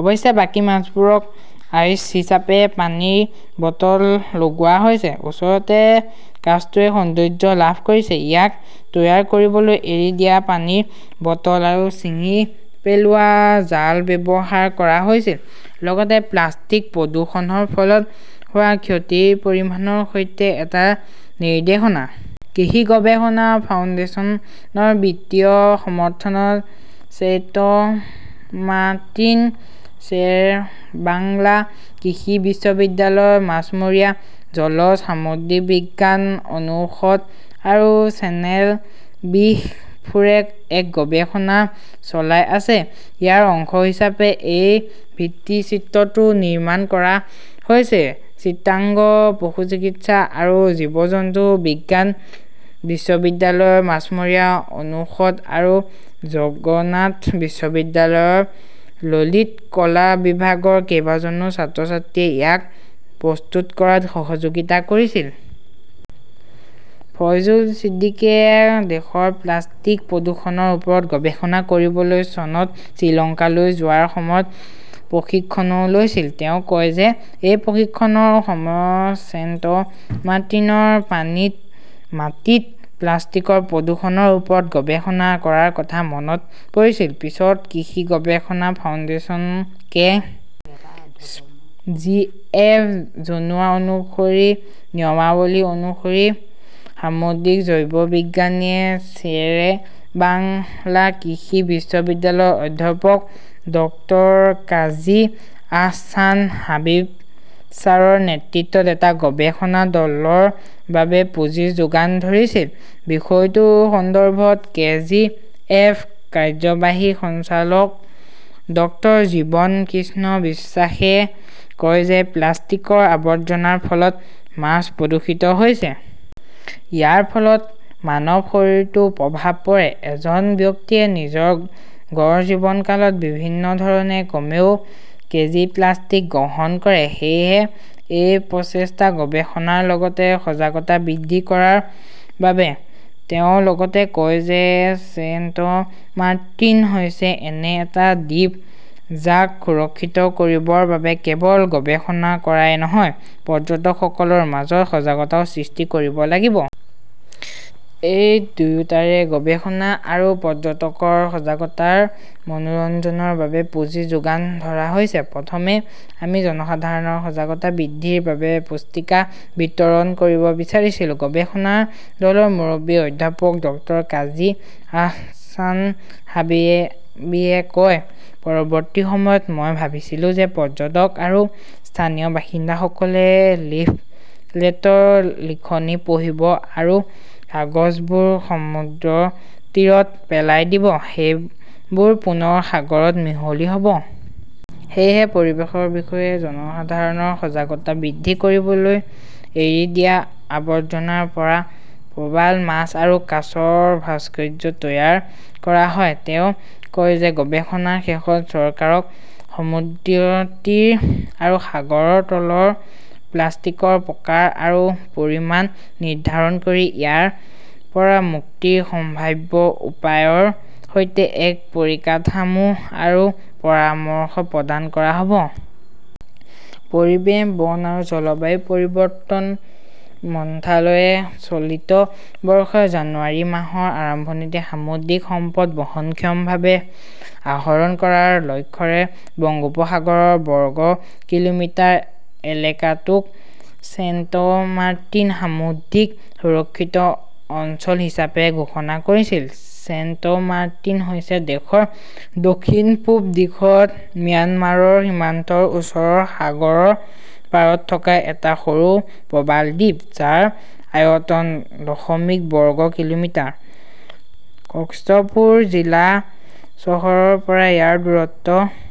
অৱশ্যে, বাকী মাছবোৰক আইশ্ব হিচাপে পানীৰ বটল লগোৱা হৈছে। ওচৰতে কাছটোৱে সৌন্দৰ্য্য লাভ কৰিছে। ইয়াক তৈয়াৰ কৰিবলৈ এৰি দিয়া পানীৰ বটল আৰু ছিঙি পেলোৱা জাল ব্যৱহাৰ কৰা হৈছিল। লগতে প্লাষ্টিক প্ৰদূষণৰ ফলত হোৱা ক্ষতিৰ পৰিমাণৰ সৈতে এটা নিৰ্দেশনা। কৃষি গৱেষণা ফাউণ্ডেশ্যন ৰ বিত্তীয় সমৰ্থনত ছেইণ্টমাৰ্টিনত শ্বেৰেবাংলা কৃষি বিশ্ববিদ্যালয়ৰ মাছমৰীয়া, জলজ, সামুদ্ৰিক বিজ্ঞান অনুষদ আৰু চেনেল বিশ ফোৰে এক গৱেষণা চলাই আছে। ইয়াৰ অংশ হিচাপে এই ভিত্তিচিত্ৰটো নিৰ্মাণ কৰা হৈছে। চিটাগং পশুচিকিৎসা আৰু জীৱ-জন্তু বিজ্ঞান বিশ্ববিদ্যালয়ৰ মাছমৰীয়া অনুষদ আৰু জগন্নাথ বিশ্ববিদ্যালয়ৰ ললিত কলা বিভাগৰ কেইবাজনো ছাত্ৰ-ছাত্ৰীয়ে ইয়াক প্ৰস্তুত কৰাত সহযোগিতা কৰিছিল। ফয়জুল ছিদ্দিকীয়ে দেশৰ প্লাষ্টিক প্ৰদূষণৰ ওপৰত গৱেষণা কৰিবলৈ চনত শ্ৰীলংকালৈ যোৱাৰ সময়ত প্ৰশিক্ষণও লৈছিল। তেওঁ কয় যে এই প্ৰশিক্ষণৰ সময়ত ছেইণ্টমাৰ্টিনৰ পানীত-মাটিত প্লাষ্টিকৰ প্ৰদূষণৰ ওপৰত গৱেষণা কৰাৰ কথা মনত পৰিছিল। পিছত কৃষি গৱেষণা ফাউণ্ডেশ্যন কে. জি. এফ. জনোৱা অনুসৰি, নিয়মাৱলী অনুসৰি সামুদ্ৰিক জৈৱবিজ্ঞানীয়ে শ্বেৰেবাংলা কৃষি বিশ্ববিদ্যালয়ৰ অধ্যাপক ডক্টৰকাজী আহছান হাবিব ছাৰৰ নেতৃত্বত এটা গৱেষণা দলৰ বাবে পুঁজি যোগান ধৰিছিল। বিষয়টো সন্দৰ্ভত কে. জি. এফ. কাৰ্যবাহী সঞ্চালক ডক্টৰ জীৱন কৃষ্ণ বিশ্বাসে কয় যে প্লাষ্টিকৰ আৱৰ্জনাৰ ফলত মাছ প্ৰদূষিত হৈছে। ইয়াৰ ফলত মানৱ শৰীৰতো প্ৰভাৱ পৰে। এজন ব্যক্তিয়ে নিজৰ গড় জীৱনকালত বিভিন্ন ধৰণে কমেও কেজি প্লাষ্টিক গ্ৰহণ কৰে। সেয়েহে এই প্ৰচেষ্টা গৱেষণাৰ লগতে সজাগতা বৃদ্ধি কৰাৰ বাবে। তেওঁ লগতে কয় যে ছেইণ্টমাৰ্টিন হৈছে এনে এটা দ্বীপ যাক সুৰক্ষিত কৰিবৰ বাবে কেৱল গৱেষণা কৰাই নহয়, পৰ্যটকসকলৰ মাজত সজাগতা সৃষ্টি কৰিব লাগিব। এই দুয়োটাৰে গৱেষণা আৰু পৰ্যটকৰ সজাগতাৰ মনোৰঞ্জনৰ বাবে পুঁজি যোগান ধৰা হৈছে। প্ৰথমে আমি জনসাধাৰণৰ সজাগতা বৃদ্ধিৰ বাবে পুস্তিকা বিতৰণ কৰিব বিচাৰিছিলো, গৱেষণা দলৰ মুৰব্বী অধ্যাপক ডক্টৰ কাজী আহছান হাবিবে কয়। পৰৱৰ্তী সময়ত, মই ভাবিছিলো যে পৰ্যটক আৰু স্থানীয় বাসিন্দাসকলে লিফলেটৰ লিখনি পঢ়িব আৰু কাগজবোৰ সমুদ্ৰতীৰত পেলাই দিব, সেইবোৰ পুনৰ সাগৰত মিহলি হ 'ব। সেয়েহে পৰিৱেশৰ বিষয়ে জনসাধাৰণৰ সজাগতা বৃদ্ধি কৰিবলৈ এৰি দিয়া আৱৰ্জনাৰ পৰা প্ৰবাল মাছ আৰু কাছৰ ভাস্কৰ্য তৈয়াৰ কৰা হয়। তেওঁ কয় যে গৱেষণাৰ শেষত, চৰকাৰক সমুদ্ৰতীৰ আৰু সাগৰৰ তলৰ প্লাষ্টিকৰ প্ৰকাৰ আৰু পৰিমাণ নিৰ্ধাৰণ কৰি ইয়াৰ পৰা মুক্তিৰ সম্ভাৱ্য উপায়ৰ সৈতে এক পৰিকাঠামো আৰু পৰামৰ্শ প্ৰদান কৰা হ 'ব। পৰিৱেশ, বন আৰু জলবায়ু পৰিৱৰ্তন মন্ত্ৰালয়ে চলিত বৰ্ষৰ জানুৱাৰী মাহৰ আৰম্ভণিতে সামুদ্ৰিক সম্পদ বহনক্ষমভাৱে আহৰণ কৰাৰ লক্ষ্যৰে বংগোপসাগৰৰ বৰ্গ কিলোমিটাৰ এলেকাটোক ছেইণ্টমাৰ্টিন সামুদ্ৰিক সুৰক্ষিত অঞ্চল হিচাপে ঘোষণা কৰিছিল। ছেইণ্ট মাৰ্টিন হৈছে দেশৰ দক্ষিণ-পূব দিশত ম্যানমাৰৰ সীমান্তৰ ওচৰৰ সাগৰৰ পাৰত থকা এটা সৰু প্ৰবাল দ্বীপ, যাৰ আয়তন দশমিক বৰ্গ কিলোমিটাৰ। কক্সপুৰ জিলা চহৰৰ পৰা ইয়াৰ দূৰত্ব